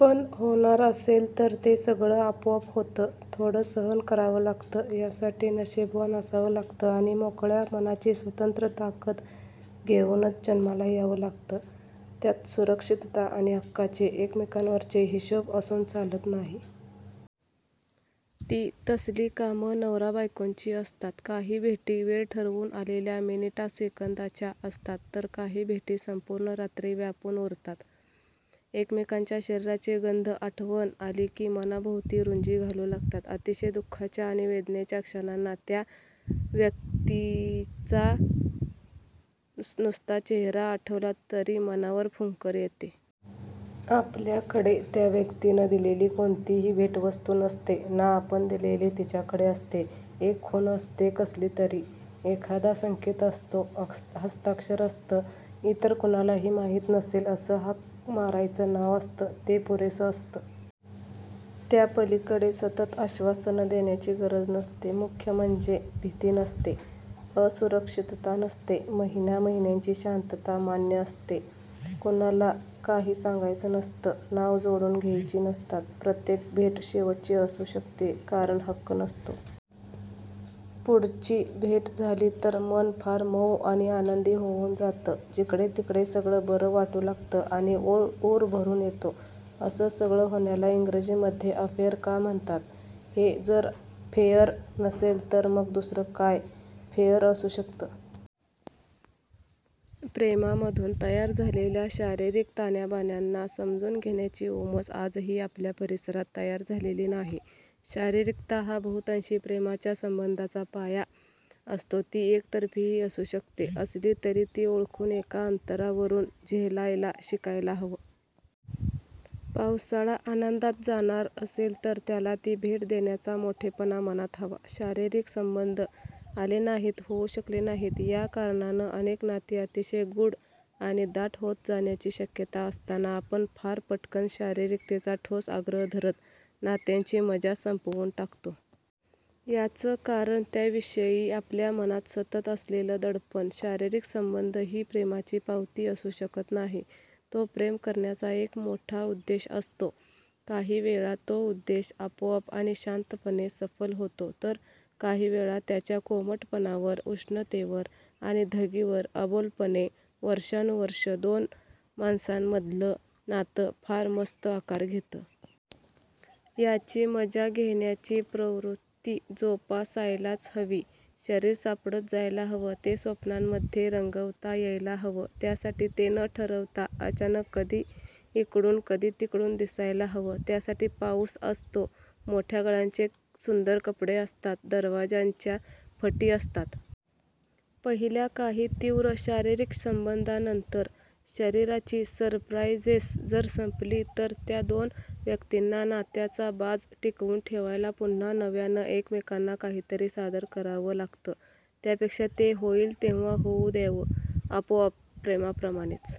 पण होणार असेल तर ते सगळं आपोआप होतं. थोडं सहन करावं लागतं. यासाठी नशीबवान असावं लागतं आणि मोकळ्या मनाची स्वतंत्र ताकद घेऊनच जन्माला यावं लागतं. त्यात सुरक्षितता आणि हक्काचे एकमेकांवरचे हिशोब असून चालत नाही. ती तसली कामं नवराबायकोंची असतात. काही भेटी वेळ ठरवून आलेल्या मिनिटासेकंदाच्या असतात, तर काही भेटी संपूर्ण रात्री व्यापून उरतात. एकमेकांच्या शरीराचे गंध आठवण आली की मनाभोवती रुंजी घालू लागतात. अतिशय दुःखाच्या आणि वेदनेच्या क्षणांना त्या व्यक्तीचा नुसता चेहरा आठवला तरी मनावर फुंकर येते. आपल्याकडे त्या व्यक्तीनं दिलेली कोणतीही भेटवस्तू नसते, ना आपण दिलेली तिच्याकडे असते. एक खूण असते कसलीतरी. एखादा संकेत असतो. हस्ताक्षर असतं. इतर कुणालाही माहीत नसेल असं हाक मारायचं नाव असतं. ते पुरेसं असतं. त्या पलीकडे सतत आश्वासनं देण्याची गरज नसते. मुख्य म्हणजे भीती नसते. असुरक्षितता नसते. महिन्यामहिन्यांची शांतता मान्य असते. कुणाला काही सांगायचं नसतं. नावं जोडून घ्यायची नसतात. प्रत्येक भेट शेवटची असू शकते. कारण हक्क नसतो. पुढची भेट झाली तर मन फार मऊ आणि आनंदी होऊन जातं. जिकडेतिकडे सगळं बरं वाटू लागतं आणि ऊर भरून येतो. असं सगळं होण्याला इंग्रजीमध्ये अफेअर का म्हणतात? हे जर फेअर नसेल तर मग दुसरं काय फेअर असू शकतं? प्रेमामधून तयार झालेल्या शारीरिक ताण्याबाण्यांना समजून घेण्याची उमज आजही आपल्या परिसरात तयार झालेली नाही. शारीरिकता हा बहुतांशी प्रेमाच्या संबंधाचा पाया असतो. ती एकतर्फीही असू शकते. असली तरी ती ओळखून एका अंतरावरून झेलायला शिकायला हवं. पावसाळा आनंदात जाणार असेल तर त्याला ती भेट देण्याचा मोठेपणा मनात हवा. शारीरिक संबंध आले नाहीत, होऊ शकले नाहीत या कारणानं अनेक नाती अतिशय गूढ आणि दाट होत जाण्याची शक्यता असताना आपण फार पटकन शारीरिकतेचा ठोस आग्रह धरत नात्यांची मजा संपवून टाकतो. याचं कारण त्याविषयी आपल्या मनात सतत असलेलं दडपण. शारीरिक संबंध ही प्रेमाची पावती असू शकत नाही. तो प्रेम करण्याचा एक मोठा उद्देश असतो. काही वेळा तो उद्देश आपोआप आणि शांतपणे सफल होतो तर काही वेळा त्याच्या कोमटपणावर, उष्णतेवर आणि धगीवर अबोलपणे वर्षानुवर्षं दोन माणसांमधलं नातं फार मस्त आकार घेतं. याची मजा घेण्याची प्रवृत्ती जोपासायलाच हवी. शरीर सापडत जायला हवं. ते स्वप्नांमध्ये रंगवता यायला हवं. त्यासाठी ते न ठरवता अचानक कधी इकडून कधी तिकडून दिसायला हवं. त्यासाठी पाऊस असतो, मोठ्या गळ्यांचे सुंदर कपडे असतात, दरवाज्यांच्या फटी असतात. पहिल्या काही तीव्र शारीरिक संबंधांनंतर, शरीराची सरप्राईझेस जर संपली तर त्या दोन व्यक्तींना नात्याचा बाज टिकवून ठेवायला पुन्हा नव्यानं एकमेकांना काहीतरी सादर करावं लागतं. त्यापेक्षा ते होईल तेव्हा होऊ द्यावं. आपोआप. प्रेमाप्रमाणेच